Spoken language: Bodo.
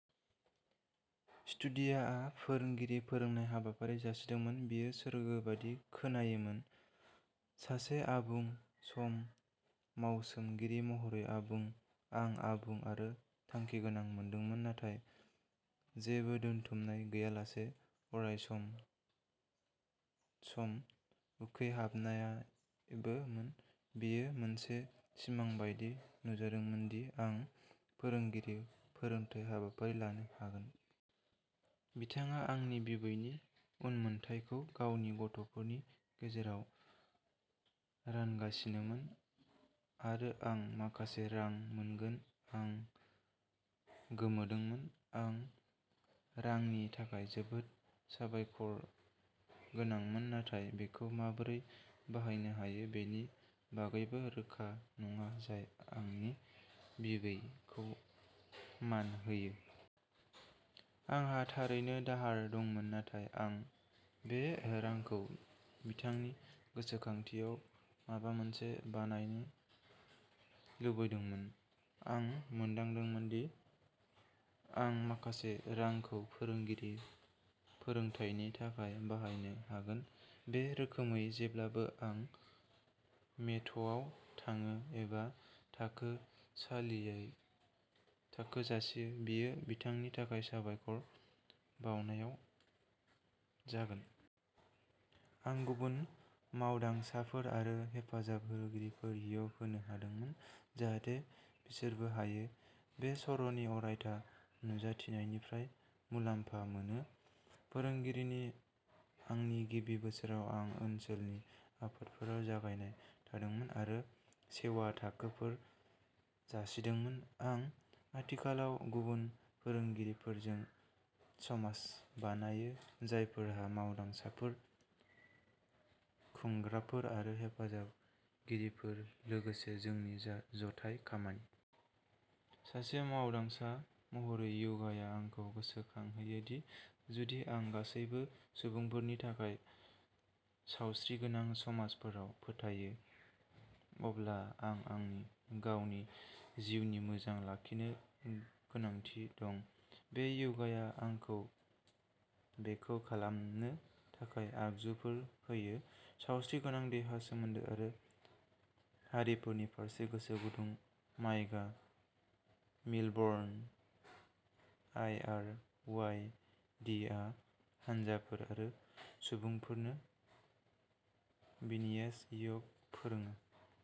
स्टुडिय'आ फोरोंगिरि फोरोंनाय हाबाफारि जासिदोंमोन। बेयो सोरगो बायदि खोनायोमोन। सासे आबुं सम मावसोमगिरि महरै आबुं आं आबुं आरो थांखिगोनां मोनदोंमोन नाथाय जेबो दोनथुमनाय गैयालासे अरायसम सम सम उखैहाबनायबो। बेयो मोनसे सिमां बायदि नुजादोंमोन दि आं फोरोंगिरि फोरोंथाय हाबाफारि लानो हागोन। बिथाङा आंनि बिबौनि उनमोनथायखौ गावनि गथ'फोरनि गेजेराव रानगासिनोमोन आरो आं माखासे रां मोनगोन। आं गोमोदोंमोन। आं रांनि थाखाय जोबोद साबायखरगोनांमोन। नाथाय बेखौ माबोरै बाहायनो हायो बेनि बागैबो रोखा नङा जाय आंनि बिबैखौ मान होयो। आंहा थारैनो दाहार दंमोन नाथाय आं बे रांखौ बिथांनि गोसोखांथियाव माबा मोनसे बानायनो लुगैदोंमोन। आं मोनदांदोंमोन दि आं माखासे रांखौ फोरोंगिरि फोरोंथायनि थाखाय बाहायनो हागोन। बे रोखोमै जेब्लानो आं मेटआव थाङो एबा थाखो सालियै थाखो जासियो बेयो बिथांनि थाखाय साबायखर बावनायाव जागोन। आं गुबुन मावदांसाफोर आरो हेफाजाबगिरिफोरनो य'ग होनो हादोंमोन जाहाथे बिसोरबो हायो। बे सर'नि अरायथा नुजाथिनायनिफ्राय मुलाम्फा मोनो। फोरोंनायनि आंनि गिबि बोसोराव आं ओनसोलनि आफादफोराव जायगायाव थांदोंमोन आरो सेवा थाखोफोर जासिदोंमोन। आं आथिखालाव गुबुन फोरोंगिरिफोरजों समाज बानायो जायफोरा मावदांसाफोर खुंग्राफोर आरो हेफाजाबगिरिफोर लोगोसे जोंनि जा-जाथाय खामानि। सासे मावदांसा महरै य'गाया आंखौ गोसोखांहोयो दि जुदि आं गासैबो सुबुंफोरनि थाखाय सावस्रिगोनां समाजफोराव फोथायो अब्ला आं आंनि गावनि जिउखौ मोजां लाखिनो गोनांथि दं। आरो य'गाया आंखौ बेखौ खालामनो थाखाय आगजुफोर होयो। सावस्रिगोनां देहा सोमोन्दो आरो हारिफोरनि फारसे गोसो गुदुं माइगा मिलबर्न इ-आर. वाइ. टि. आ हानजाफोर आरो सुबुंफोरनो बिन्यास य'ग फोरोङो।